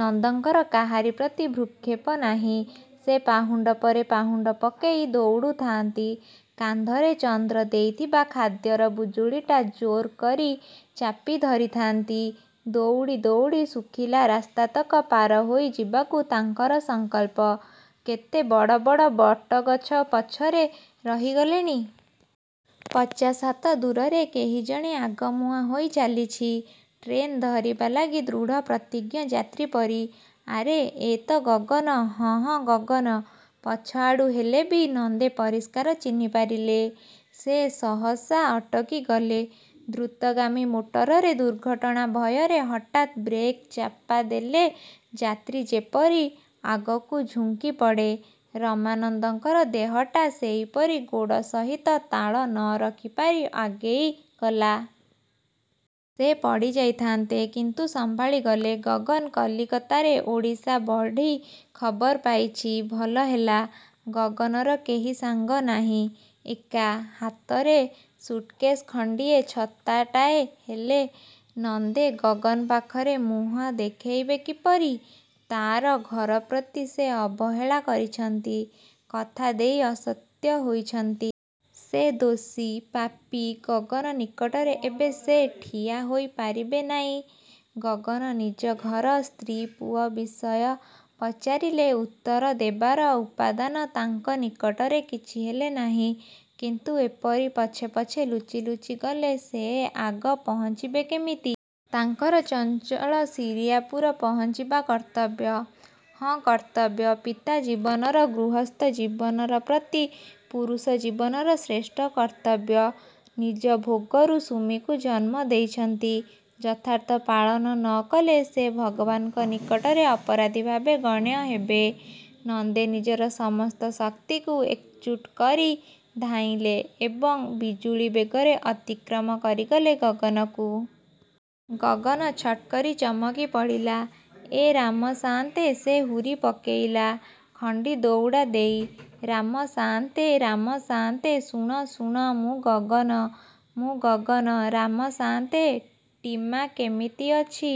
ନନ୍ଦଙ୍କର କାହାରି ପ୍ରତି ଭ୍ରୂକ୍ଷେପ ନାହିଁ। ସେ ପାହୁଣ୍ଡ ପରେ ପାହୁଣ୍ଡ ପକେଇ ଦଉଡ଼ୁଥାନ୍ତି। କାନ୍ଧରେ ଚନ୍ଦ୍ର ଦେଇଥିବା ଖାଦ୍ୟର ବୁଜୁଳିଟା ଜୋର୍ କରି ଚାପି ଧରିଥାନ୍ତି। ଦଉଡ଼ି ଦଉଡ଼ି ଶୁଖିଲା ରାସ୍ତାତକ ପାର ହୋଇ ଯିବାକୁ ତାଙ୍କର ସଂକଳ୍ପ। କେତେ ବଡ଼ ବଡ଼ ବଟଗଛ ପଛରେ ରହିଗଲେଣି। ପଚାଶ ହାତ ଦୂରରେ କେହି ଜଣେ ଆଗମୁହାଁ ହୋଇ ଚାଲିଛି। ଟ୍ରେନ୍ ଧରିବା ଲାଗି ଦୃଢ଼ପ୍ରତିଜ୍ଞ ଯାତ୍ରୀ ପରି। ଆରେ, ଏ ତ ଗଗନ। ହଁ ହଁ ଗଗନ। ପଛଆଡ଼ୁ ହେଲେ ବି ନନ୍ଦେ ପରିଷ୍କାର ଚିହ୍ନି ପାରିଲେ। ସେ ସହସା ଅଟକିଗଲେ। ଦ୍ରୁତଗାମୀ ମୋଟରରେ ଦୁର୍ଘଟଣା ଭୟରେ ହଠାତ୍ ବ୍ରେକ୍ ଚାପା ଦେଲେ ଯାତ୍ରୀ ଯେପରି ଆଗକୁ ଝୁଙ୍କି ପଡ଼େ, ରାମନନ୍ଦଙ୍କର ଦେହଟା ସେଇପରି ଗୋଡ଼ ସହିତ ତାଳ ନ ରଖି ପାରି ଆଗେଇ ଗଲା। ସେ ପଡ଼ି ଯାଇଥାନ୍ତେ-କିନ୍ତୁ ସମ୍ଭାଳି ଗଲେ। ଗଗନ କଲିକତାରେ ଓଡ଼ିଶା ବଢ଼ି ଖବର ପାଇଚି। ଭଲହେଲା। ଗଗନର କେହି ସାଙ୍ଗ ନାହିଁ, ଏକା। ହାତରେ ସୁଟକେଶ ଖଣ୍ଡିଏ-ଛତାଟାଏ। ହେଲେ, ନନ୍ଦେ ଗଗନ ପାଖରେ ମୁହଁ ଦେଖେଇବେ କିପରି? ତାର ଘରପ୍ରତି ସେ ଅବହେଳା କରିଛନ୍ତି। କଥା ଦେଇ ଅସତ୍ୟ ହୋଇଛନ୍ତି। ସେ ଦୋଷୀ ପାପୀ, ଗଗନ ନିକଟରେ ଏବେ ସେ ଠିଆ ହୋଇ ପାରିବେ ନାଇଁ। ଗଗନ ନିଜଘର ସ୍ତ୍ରୀ-ପୁଅ ବିଷୟ ପଚାରିଲେ ଉତ୍ତର ଦେବାର ଉପାଦାନ ତାଙ୍କ ନିକଟରେ କିଛି ହେଲେ ନାହିଁ। କିନ୍ତୁ ଏପରି ପଛେ ପଛେ ଲୁଚି ଲୁଚି ଗଲେ ସେ ଆଗ ପହଞ୍ଚିବେ କେମିତି? ତାଙ୍କର ଚଞ୍ଚଳ ଶିରିଆପୁର ପହଞ୍ଚିବା କର୍ତ୍ତବ୍ୟ। ହଁ-କର୍ତ୍ତବ୍ୟ; ପିତା ଜୀବନର, ଗୃହସ୍ଥ ଜୀବନର ପ୍ରତି ପୁରୁଷ ଜୀବନର ଶ୍ରେଷ୍ଠ କର୍ତ୍ତବ୍ୟ। ନିଜ ଭୋଗରୁ ସୁମିକୁ ଜନ୍ମ ଦେଇଛନ୍ତି-ଯଥାର୍ଥ ପାଳନ ନ କଲେ ସେ ଭଗବାନଙ୍କ ନିକଟରେ ଅପରାଧୀ ଭାବେ ଗଣ୍ୟ ହେବେ। ନନ୍ଦେ ନିଜର ସମସ୍ତ ଶକ୍ତିକୁ ଏକଜୁଟ୍ କରି ଧାଇଁଲେ ଏବଂ ବିଜୁଳି ବେଗରେ ଅତିକ୍ରମ କରିଗଲେ ଗଗନକୁ। ଗଗନ ଛଟ୍ କରି ଚମକି ପଡ଼ିଲା; ଏଁ ରାମ ସାଆନ୍ତେ ସେ ହୁରି ପକେଇଲା-ଖଣ୍ଡି ଦଉଡ଼ା ଦେଇ। 'ରାମ ସାଆନ୍ତେ, ରାମ ସାଆନ୍ତେ-ଶୁଣ, ଶୁଣ-ମୁଁ ଗଗନ, ମୁଁ ଗଗନ। ରାମ ସାଆନ୍ତେ, ଟିମା କେମିତି ଅଛି?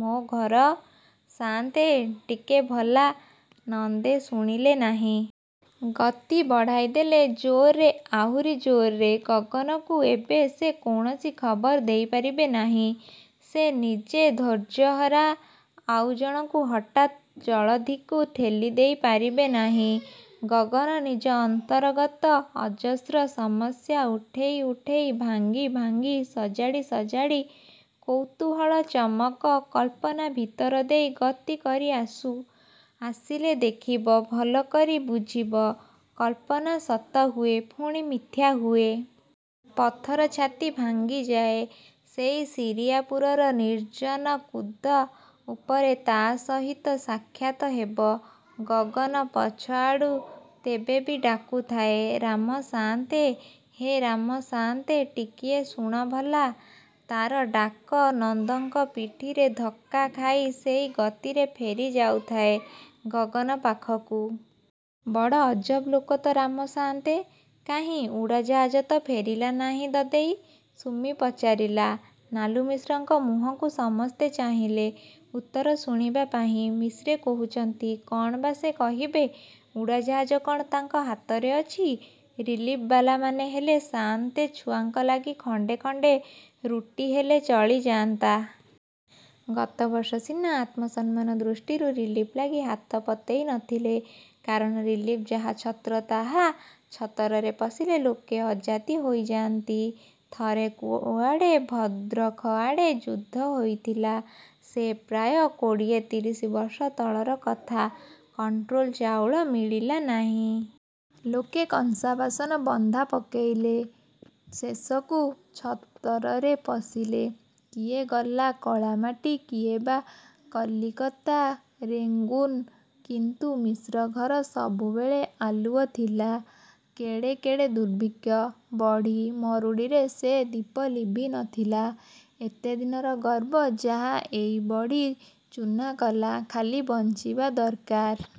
ମୋ ଘର? ସାଆନ୍ତେ ଟିକେ ଭଲା। ' ନନ୍ଦେ ଶୁଣିଲେ ନାଇଁ। ଗତି ବଢ଼ାଇ ଦେଲେ-ଜୋରରେ, ଆହୁରି ଜୋରରେ। ଗଗନକୁ ଏବେ ସେ କୌଣସି ଖବର ଦେଇପାରିବେ ନାହିଁ। ସେ ନିଜେ ଧୈର୍ଯ୍ୟହରା। ଆଉ ଜଣଙ୍କୁ ହଠାତ୍ ଜଳଧିକୁ ଠେଲି ଦେଇ ପାରିବେ ନାଇଁ। ଗଗନ ନିଜ ଅନ୍ତରଗତ ଅଜସ୍ର ସମସ୍ୟା ଉଠେଇ ଉଠେଇ ଭାଙ୍ଗି ଭାଙ୍ଗି, ସଜାଡ଼ି ସଜାଡ଼ି, କୌତୂହଳ ଚମକ, କଳ୍ପନା ଭିତର ଦେଇ ଗତି କରି କରି ଆସୁ, ଆସିଲେ ଦେଖିବ, ଭଲକରି ବୁଝିବ-କଳ୍ପନା ସତହୁଏ, ପୁଣି ମିଥ୍ୟାହୁଏ। ପଥର ଛାତି ଭାଙ୍ଗିଯାଏ। ସେଇ ଶିରିଆପୁରର ନିର୍ଜ୍ଜନ କୁଦ ଉପରେ ତା ସହିତ ସାକ୍ଷାତ ହେବ। ଗଗନ ପଛଆଡ଼ୁ ତେବେ ବି ଡାକୁଥାଏ-''ରାମ ସାଆନ୍ତେ, ହେ ରାମ ସାଆନ୍ତେ, ଟିକେ ଶୁଣ ଭଲା। '' ତାର ଡାକ ନନ୍ଦଙ୍କ ପିଠିରେ ଧକ୍କା ଖାଇ ସେଇ ଗତିରେ ଫେରି ଯାଉଥାଏ ଗଗନ ପାଖକୁ। ବଡ଼ ଅଜବ ଲୋକ ତ ରାମ ସାଆନ୍ତେ! 'କାହିଁ, ଉଡ଼ାଜାହାଜ ତ ଫେରିଲା ନାହିଁ ଦଦେଇ-ସୁମି ପଚାରିଲା। ନାଲୁମିଶ୍ରଙ୍କ ମୁହଁକୁ ସମସ୍ତେ ଚାହିଁଲେ ଉତ୍ତର ଶୁଣିବା ପାଇଁ। ମିଶ୍ରେ କହୁଛନ୍ତି। କଣ ବା ସେ କହିବେ? ଉଡ଼ାଜାହାଜ କଣ ତାଙ୍କ ହାତରେ ଅଛି। ରିଲିଫବାଲାମାନେ ହେଲେ ଆସନ୍ତେ ଛୁଆଙ୍କ ଲାଗି ଖଣ୍ଡେ ଖଣ୍ଡେ ରୁଟିହେଲେ ଚଳିଯାନ୍ତା। ଗତବର୍ଷ ସିନା ଆତ୍ମସମ୍ମାନ ଦୃଷ୍ଟିରୁ ରିଲିଫ ଲାଗି ହାତ ପତେଇ ନଥିଲେ। କାରଣ ରିଲିଫ ଯାହା ଛତ୍ର ତାହା। ଛତରରେ ପଶିଲେ ଲୋକେ ଅଜାତି ହୋଇଯାନ୍ତି। ଥରେ କୁଆଡ଼େ ଭଦ୍ରଖଆଡ଼େ ଯୁଦ୍ଧ ହୋଇଥିଲା। ସେ ପ୍ରାୟ କୋଡ଼ିଏ ତିରିଶ ବର୍ଷ ତଳର କଥା। କଂଟ୍ରୋଲ ଚାଉଳ ମିଳିଲା ନାଇଁ। ଲୋକେ କଂସା, ବାସନ ବନ୍ଧା ପକେଇଲେ। ଶେଷକୁ ଛତରରେ ପଶିଲେ। କିଏ ଗଲା କାଳିମାଟି, କିଏ ବା କଲିକତା, ରେଙ୍ଗୁନ। କିନ୍ତୁ ମିଶ୍ରଘର ସବୁବେଳେ ଆଲୁଅ ଥିଲା। କେଡ଼େ କେଡ଼େ ଦୁର୍ଭିକ୍ଷ, ବଢ଼ି-ମରୁଡ଼ିରେ ସେ ଦୀପ ଲିଭି ନଥିଲା। ଏତେଦିନର ଗର୍ବ ଯାହା ଏଇ ବଢ଼ି ଚୂନା କଲା। ଖାଲି ବଞ୍ଚିବା ଦର୍କାର।